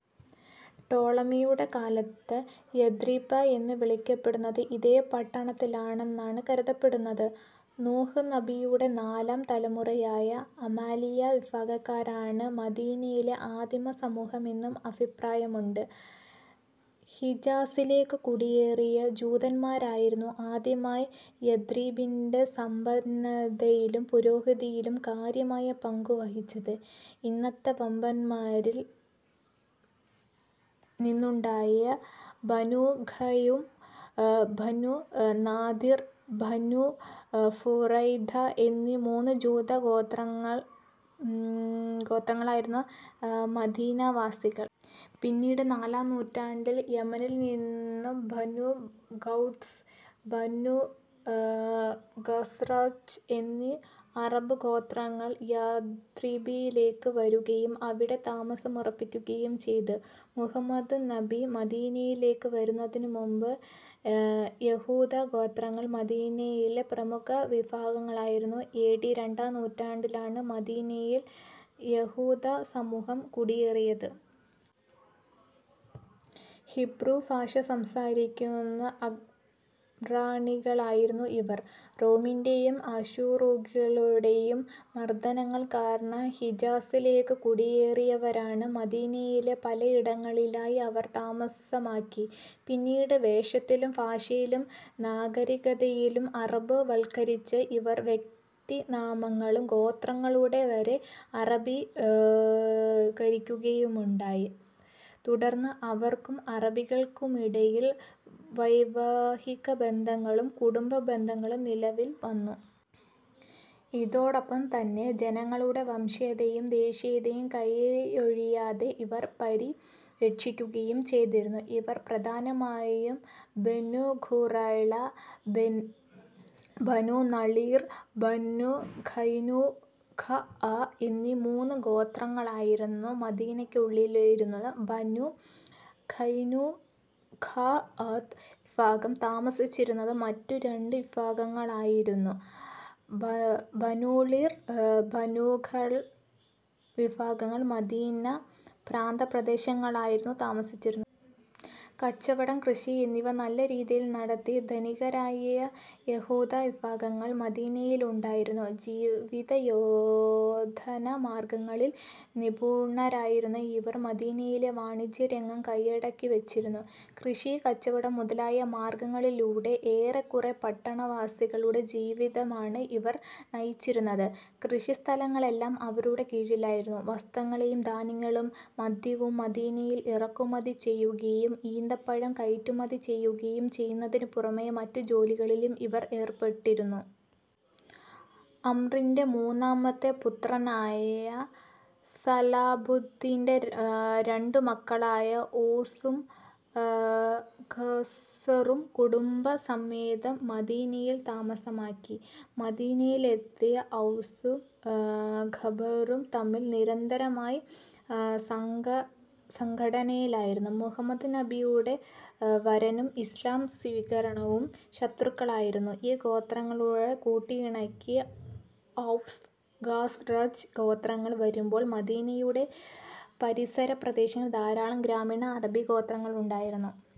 ടോളമിയുടെ കാലത്ത് ലഥ്രിപ്പ എന്ന് വിളിക്കപ്പെട്ടത് ഇതേ പട്ടണത്തിനാണെന്നാണ് കരുതപ്പെടുന്നു. നൂഹ് നബിയുടെ നാലാം തലമുറയായ അമാലിയ വിഭാഗക്കാരാണ് മദീനയിലെ ആദിമ സമൂഹം എന്നും അഭിപ്രായമുണ്ട്. ഹിജാസിലേക്ക് കുടിയേറിയ ജൂതൻമാരായിരുന്നു ആദ്യമായി യഥ്രിബിന്റെ സമ്പന്നതയിലും പുരോഗതിയിലും കാര്യമായ പങ്കുവഹിച്ചത്. ഇങ്ങനെ വന്നവരിൽ നിന്നുണ്ടായ ബനൂഖൈനുവാഅ, ബനൂ നദീർ, ബനൂ ഖുറൈദ എന്നീ മൂന്ന് ജൂത ഗോത്രങ്ങളായിരുന്നു മദീനാവാസികൾ. പിന്നീട് നാലാം നൂറ്റാണ്ടിൽ യെമനിൽ നിന്ന് ബനൂ ഔസ്, ബനൂ ഖസ്റജ് എന്നീ അറബ് ഗോത്രങ്ങൾ യഥ്രിബിലേക്ക് വരുകയും അവിടെ താമസമുറപ്പിക്കുകയും ചെയ്തു. മുഹമ്മദ് നബി മദീനയിലേക്ക് വരുന്നതിനു മുമ്പ് യഹൂദ ഗോത്രങ്ങൾ മദീനയിലെ പ്രമുഖ വിഭാഗമായിരുന്നു. എ. ഡി രണ്ടാം നൂറ്റാണ്ടിൽ ആണ് മദീനയിൽ യഹൂദസമൂഹം കുടിയേറിയത്. ഹീബ്രു ഭാഷ സംസാരിക്കുന്ന അബ്റാനികളായിരുന്ന ഇവർ റോമിന്റേയും അശൂറികളുടെയും മർദനങ്ങൾ കാരണം ഹിജാസിലേക്ക് കുടിയേറിയവരാണ്. മദീനയിലെ പലയിടങ്ങളിലായി അവർ താമസമാക്കി. പിന്നീട് വേഷത്തിലും ഭാഷയിലും നാഗരികതയിലും അറബ് വത്കരിച്ച ഇവർ വ്യക്തിനാമങ്ങളും ഗോത്രങ്ങളും വരെ അറബീകരിക്കുകയുണ്ടായി. തുടർന്ന് അവർക്കും അറബികൾക്കുമിടയിൽ വൈവാഹിക ബന്ധങ്ങളും കുടുംബ ബന്ധങ്ങളും നിലവിൽവന്നു. ഇതോടൊപ്പം തന്നെ തങ്ങളുടെ വംശീയതയും ദേശീയതയും കയ്യൊഴിക്കാതെ ഇവർ പരിരക്ഷിക്കുകയും ചെയ്തിരുന്നു. ഇവർ പ്രധാനമായും ബനൂ ഖുറൈള, ബനൂ നളീർ, ബനൂ ഖൈനുഖാഅ എന്നീ മൂന്ന് ഗോത്രക്കാരായിരുന്നു. മദീനക്കുള്ളിലായിരുന്നു ബനൂ ഖൈനുഖാഅ് വിഭാഗം താമസിച്ചിരുന്നത്. മറ്റു രണ്ടു വിഭാഗങ്ങളായിരുന്ന ബനൂനളിർ, ബനൂഖുറൈള വിഭാഗങ്ങൾ മദീനയുടെ പ്രാന്തപ്രദേശങ്ങളിലായിരുന്നു താമസിച്ചിരുന്നത്. കച്ചവടം, കൃഷി എന്നിവ നല്ല രീതിയിൽ നടത്തി ധനികരായ യഹൂദ വിഭാഗങ്ങൾ മദീനയിലുണ്ടായിരുന്നു. ജീവിതായോധന മാർഗങ്ങളിൽ നിപുണരായിരുന്ന ഇവർ മദീനയിലെ വാണിജ്യരംഗം കയ്യടക്കിവെച്ചിരുന്നു. കൃഷി, കച്ചവടം മുതലായ മാർഗങ്ങളിലൂടെ ഏറെക്കുറെ പട്ടണവാസികളുടെ ജീവിതമാണ് അവർ നയിച്ചിരുന്നത്. കൃഷിസ്ഥലങ്ങളെല്ലാം ഇവരുടെ കീഴിലായിരുന്നു. വസ്ത്രങ്ങളും ധാന്യങ്ങളും മദ്യവും മദീനയിൽ ഇറക്കുമതിചെയ്യുകയും ഈന്തപ്പഴം കയറ്റുമതി ചെയ്യുകയും ചെയ്യുന്നതിന് പുറമെ മറ്റു ജോലികളിലും ഇവർ ഏർപ്പെട്ടിരുന്നു. അംറിന്റെ മൂന്നാമത്തെ പുത്രനായ സഅലബത്തിന്റെ രണ്ടുമക്കളായ ഔസും ഖസ്റും കുടുംബസമേതം മദീനയിൽ താമസമാക്കി.. മദീനയിലെത്തിയ ഔസും ഖബറും തമ്മിൽ നിരന്തരമായി സംഘട്ടനത്തിലായിരുന്നു. മുഹമ്മദ് നബിയുടെ വരവും ഇസ്ലാം സ്വീകരണവും ശത്രുതയിലായിരുന്ന ഈ ഗോത്രങ്ങളെ കൂട്ടിയിണക്കി. ഔസ്-ഖസ്റജ് ഗോത്രങ്ങൾ വരുമ്പോൾ മദീനയുടെ പരിസര പ്രദേശങ്ങളിൽ ധാരാളം ഗ്രാമീണ അറബി ഗോത്രങ്ങളുമുണ്ടായിരുന്നു.